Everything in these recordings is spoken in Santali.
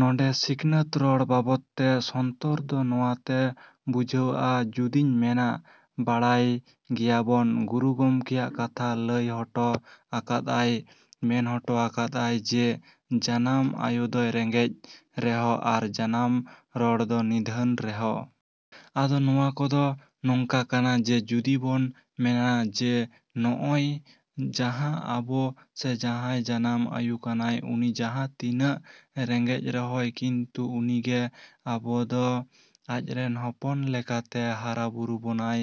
ᱱᱚᱸᱰᱮ ᱥᱤᱠᱷᱱᱟᱹᱛ ᱨᱚᱲ ᱵᱟᱵᱚᱫ ᱛᱮ ᱥᱚᱱᱛᱩᱨ ᱫᱚ ᱱᱚᱣᱟᱛᱮ ᱵᱩᱡᱷᱟᱹᱜᱼᱟ᱾ ᱡᱩᱫᱤᱧ ᱢᱮᱱᱟ, ᱵᱟᱲᱟᱭ ᱜᱮᱭᱟᱵᱚᱱ ᱜᱩᱨᱩ ᱜᱚᱢᱠᱮᱭᱟᱜ ᱠᱟᱛᱷᱟ ᱞᱟᱹᱭ ᱦᱚᱴᱚ ᱟᱠᱟᱫ ᱟᱭ, ᱢᱮᱱ ᱦᱚᱴᱚᱜ ᱟᱠᱟᱫ ᱟᱭ ᱡᱮ ᱡᱟᱱᱟᱢ ᱟᱭᱳ ᱫᱚᱭ ᱨᱮᱸᱜᱮᱡᱽ ᱨᱮᱦᱚᱸ ᱟᱨ ᱡᱟᱱᱟᱢ ᱨᱚᱲ ᱫᱚ ᱱᱤᱫᱷᱟᱹᱱ ᱨᱮᱦᱚᱸ᱾ ᱟᱫᱚ ᱱᱚᱣᱟ ᱠᱚᱫᱚ ᱱᱚᱝᱠᱟ ᱠᱟᱱᱟ ᱡᱮ ᱡᱩᱫᱤ ᱵᱚᱱ ᱢᱮᱱᱟ ᱡᱮ ᱱᱚᱜᱼᱚᱭ ᱡᱟᱦᱟᱸ ᱟᱵᱚ ᱥᱮ ᱡᱟᱦᱟᱸᱭ ᱡᱟᱱᱟᱢ ᱟᱹᱭᱩ ᱠᱟᱱᱟᱭ, ᱩᱱᱤ ᱡᱟᱦᱟᱸ ᱛᱤᱱᱟᱹᱜ ᱨᱮᱸᱜᱮᱡᱽ ᱨᱮᱦᱚᱸᱭ ᱠᱤᱱᱛᱩ ᱩᱱᱤᱜᱮ ᱟᱵᱚᱫᱚ ᱟᱪᱨᱮᱱ ᱦᱚᱯᱚᱱ ᱞᱮᱠᱟᱛᱮ ᱦᱟᱨᱟᱼᱵᱩᱨᱩ ᱵᱚᱱᱟᱭ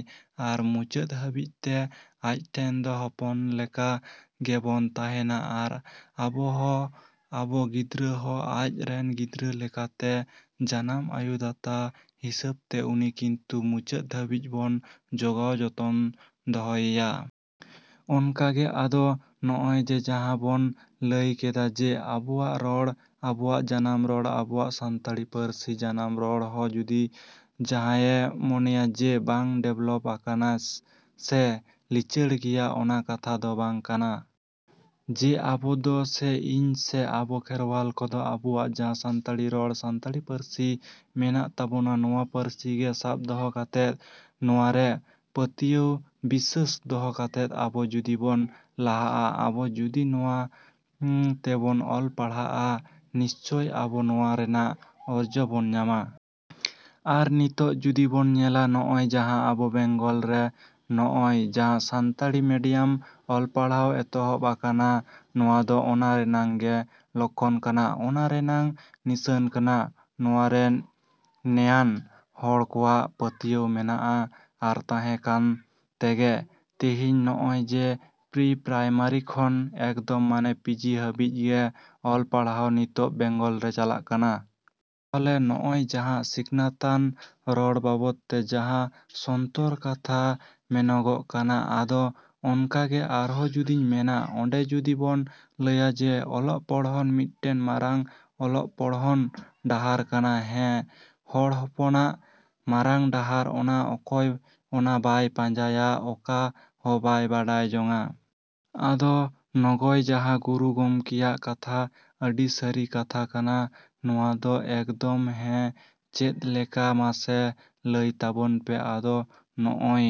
ᱟᱨ ᱢᱩᱪᱟᱹᱫ ᱦᱟᱹᱵᱤᱡ ᱛᱮ ᱟᱡ ᱴᱷᱮᱱ ᱫᱚ ᱦᱚᱯᱚᱱ ᱞᱮᱠᱟ ᱜᱮᱵᱚᱱ ᱛᱟᱦᱮᱱᱟ ᱟᱨ ᱟᱵᱚᱦᱚᱸ ᱟᱵᱚ ᱜᱤᱫᱽᱨᱟᱹ ᱦᱚᱸ ᱟᱡ ᱨᱮᱱ ᱜᱤᱫᱽᱨᱟᱹ ᱞᱮᱠᱟᱛᱮ ᱡᱟᱱᱟᱢ ᱟᱹᱭᱩ ᱫᱟᱛᱟ ᱦᱤᱥᱟᱹᱵᱛᱮ ᱩᱱᱤ ᱠᱤᱱᱛᱩ ᱢᱩᱪᱟᱹᱫᱽ ᱫᱷᱟᱹᱵᱤᱡ ᱵᱚᱱ ᱡᱚᱜᱟᱣ ᱡᱚᱛᱚᱱ ᱫᱚᱦᱚᱭᱮᱭᱟ᱾ ᱚᱱᱠᱟᱜᱮ ᱟᱫᱚ ᱱᱚᱜᱼᱚᱭ ᱡᱮ ᱡᱟᱦᱟᱸ ᱵᱚᱱ ᱞᱟᱹᱭ ᱠᱮᱫᱟ ᱡᱮ ᱟᱵᱚᱣᱟᱜ ᱨᱚᱲ, ᱟᱵᱚᱣᱟᱜ ᱡᱟᱱᱟᱢ ᱨᱚᱲ, ᱟᱵᱚᱣᱟᱜ ᱥᱟᱱᱛᱟᱲᱤ ᱯᱟᱹᱨᱥᱤ ᱡᱟᱱᱟᱢ ᱨᱚᱲ ᱦᱚᱸ ᱡᱩᱫᱤ ᱡᱟᱦᱟᱸᱭᱮ ᱢᱚᱱᱮᱭᱟ ᱡᱮ ᱵᱟᱝ ᱰᱮᱵᱷᱞᱚᱯ ᱟᱠᱟᱱᱟ ᱥᱮ ᱞᱤᱪᱟᱹᱲ ᱜᱮᱭᱟ, ᱚᱱᱟ ᱠᱟᱛᱷᱟ ᱫᱚ ᱵᱟᱝ ᱠᱟᱱᱟ᱾ ᱡᱮ ᱟᱵᱚ ᱫᱚ ᱥᱮ ᱤᱧ ᱥᱮ ᱟᱵᱚ ᱠᱷᱮᱨᱣᱟᱞ ᱠᱚᱫᱚ ᱟᱵᱚᱣᱟᱜ ᱡᱟᱦᱟᱸ ᱥᱟᱱᱛᱟᱲᱤ ᱨᱚᱲ, ᱥᱟᱱᱛᱟᱲᱤ ᱯᱟᱹᱨᱥᱤ ᱢᱮᱱᱟᱜ ᱛᱟᱵᱳᱱᱟ, ᱱᱚᱣᱟ ᱯᱟᱹᱨᱥᱤᱜᱮ ᱥᱟᱵ ᱫᱚᱦᱚ ᱠᱟᱛᱮᱫ, ᱱᱚᱣᱟᱨᱮ ᱯᱟᱹᱛᱭᱟᱹᱣ ᱵᱤᱥᱥᱟᱹᱥ ᱫᱚᱦᱚ ᱠᱟᱛᱮᱫ ᱟᱵᱚ ᱡᱩᱫᱤ ᱵᱚᱱ ᱞᱟᱦᱟᱜᱼᱟ, ᱟᱵᱚ ᱡᱩᱫᱤ ᱱᱚᱣᱟ ᱛᱮᱵᱚᱱ ᱚᱞ ᱯᱟᱲᱦᱟᱜᱼᱟ, ᱱᱤᱥᱪᱳᱭ ᱟᱵᱚ ᱱᱚᱣᱟ ᱨᱮᱭᱟᱜ ᱚᱨᱡᱚ ᱵᱚᱱ ᱧᱟᱢᱟ᱾ ᱟᱨ ᱱᱤᱛᱚᱜ ᱡᱩᱫᱤ ᱵᱚᱱ ᱧᱮᱞᱟ, ᱱᱚᱜᱼᱚᱭ ᱡᱟᱦᱟᱸ ᱟᱵᱚ ᱵᱮᱝᱜᱚᱞ ᱨᱮ ᱱᱚᱜᱼᱚᱭ ᱡᱟᱦᱟᱸ ᱥᱟᱱᱛᱟᱲᱤ ᱢᱤᱰᱤᱭᱟᱢ ᱚᱞᱯᱟᱲᱦᱟᱣ ᱮᱛᱦᱚᱵ ᱟᱠᱟᱱᱟ, ᱱᱚᱣᱟᱫᱚ ᱚᱱᱟ ᱨᱮᱱᱟᱜ ᱜᱮ ᱞᱚᱠᱠᱷᱚᱱ ᱠᱟᱱᱟ, ᱚᱱᱟ ᱨᱮᱱᱟᱜ ᱱᱤᱥᱟᱹᱱ ᱠᱟᱱᱟ᱾ ᱱᱚᱣᱟᱨᱮ ᱱᱮᱭᱟᱱ ᱦᱚᱲ ᱠᱚᱣᱟᱜ ᱯᱟᱹᱛᱭᱟᱹᱣ ᱢᱮᱱᱟᱜ ᱟ ᱟᱨ ᱛᱟᱦᱮᱸ ᱠᱟᱱ ᱛᱮᱜᱮ ᱛᱮᱦᱤᱧ ᱱᱚᱜᱼᱚᱭ ᱡᱮ ᱯᱨᱤ ᱯᱨᱟᱭᱢᱟᱨᱤ ᱠᱷᱚᱱ ᱮᱠᱫᱚᱢ ᱢᱟᱱᱮ ᱯᱤᱡᱤ ᱦᱟᱹᱵᱤᱡ ᱜᱮ ᱚᱞ ᱯᱟᱲᱦᱟᱣ ᱱᱤᱛᱚᱜ ᱵᱮᱝᱜᱚᱞ ᱨᱮ ᱪᱟᱞᱟᱜ ᱠᱟᱱᱟ᱾ ᱛᱟᱦᱞᱮ ᱱᱚᱜᱼᱚᱭ ᱡᱟᱦᱟᱸ ᱥᱤᱠᱷᱱᱟᱹᱛᱟᱱ ᱨᱚᱲ ᱵᱟᱵᱚᱫ ᱛᱮ ᱡᱟᱦᱟᱸ ᱥᱚᱱᱛᱚᱨ ᱠᱟᱛᱷᱟ ᱢᱮᱱᱚᱜᱚᱜ ᱠᱟᱱᱟ᱾ ᱟᱫᱚ ᱚᱱᱠᱟᱜᱮ ᱟᱨᱦᱚᱸ ᱡᱩᱫᱤᱧ ᱢᱮᱱᱟᱜ, ᱚᱸᱰᱮ ᱡᱩᱫᱤ ᱵᱚᱱ ᱞᱟᱹᱭᱟ ᱡᱮ ᱚᱞᱚᱜ ᱯᱚᱲᱦᱚᱱ ᱢᱤᱫᱴᱮᱱ ᱢᱟᱨᱟᱝ ᱚᱞᱚᱜ ᱯᱚᱲᱦᱚᱱ ᱰᱟᱦᱟᱨ ᱠᱟᱱᱟ, ᱦᱮᱸ ᱦᱚᱲ ᱦᱚᱯᱚᱱᱟᱜ ᱢᱟᱨᱟᱝ ᱰᱟᱦᱟᱨ ᱚᱱᱟ ᱚᱠᱚᱭ ᱚᱱᱟ ᱵᱟᱭ ᱯᱟᱸᱡᱟᱭᱟ, ᱚᱠᱟ ᱦᱚᱸ ᱵᱟᱭ ᱵᱟᱰᱟᱭ ᱡᱚᱝᱟ᱾ ᱟᱫᱚ ᱱᱚᱜᱚᱭ ᱡᱟᱦᱟᱸ ᱜᱩᱨᱩ ᱜᱚᱢᱠᱮᱭᱟᱜ ᱠᱟᱛᱷᱟ ᱟᱹᱰᱤ ᱥᱟᱹᱨᱤ ᱠᱟᱛᱷᱟ ᱠᱟᱱᱟ ᱱᱚᱣᱟᱫᱚ ᱮᱠᱫᱚᱢ ᱦᱮᱸ ᱪᱮᱫ ᱞᱮᱠᱟ ᱢᱟᱥᱮ ᱞᱟᱹᱭ ᱛᱟᱵᱚᱱ ᱯᱮ᱾ ᱟᱫᱚ ᱱᱚᱜᱼᱚᱭ᱾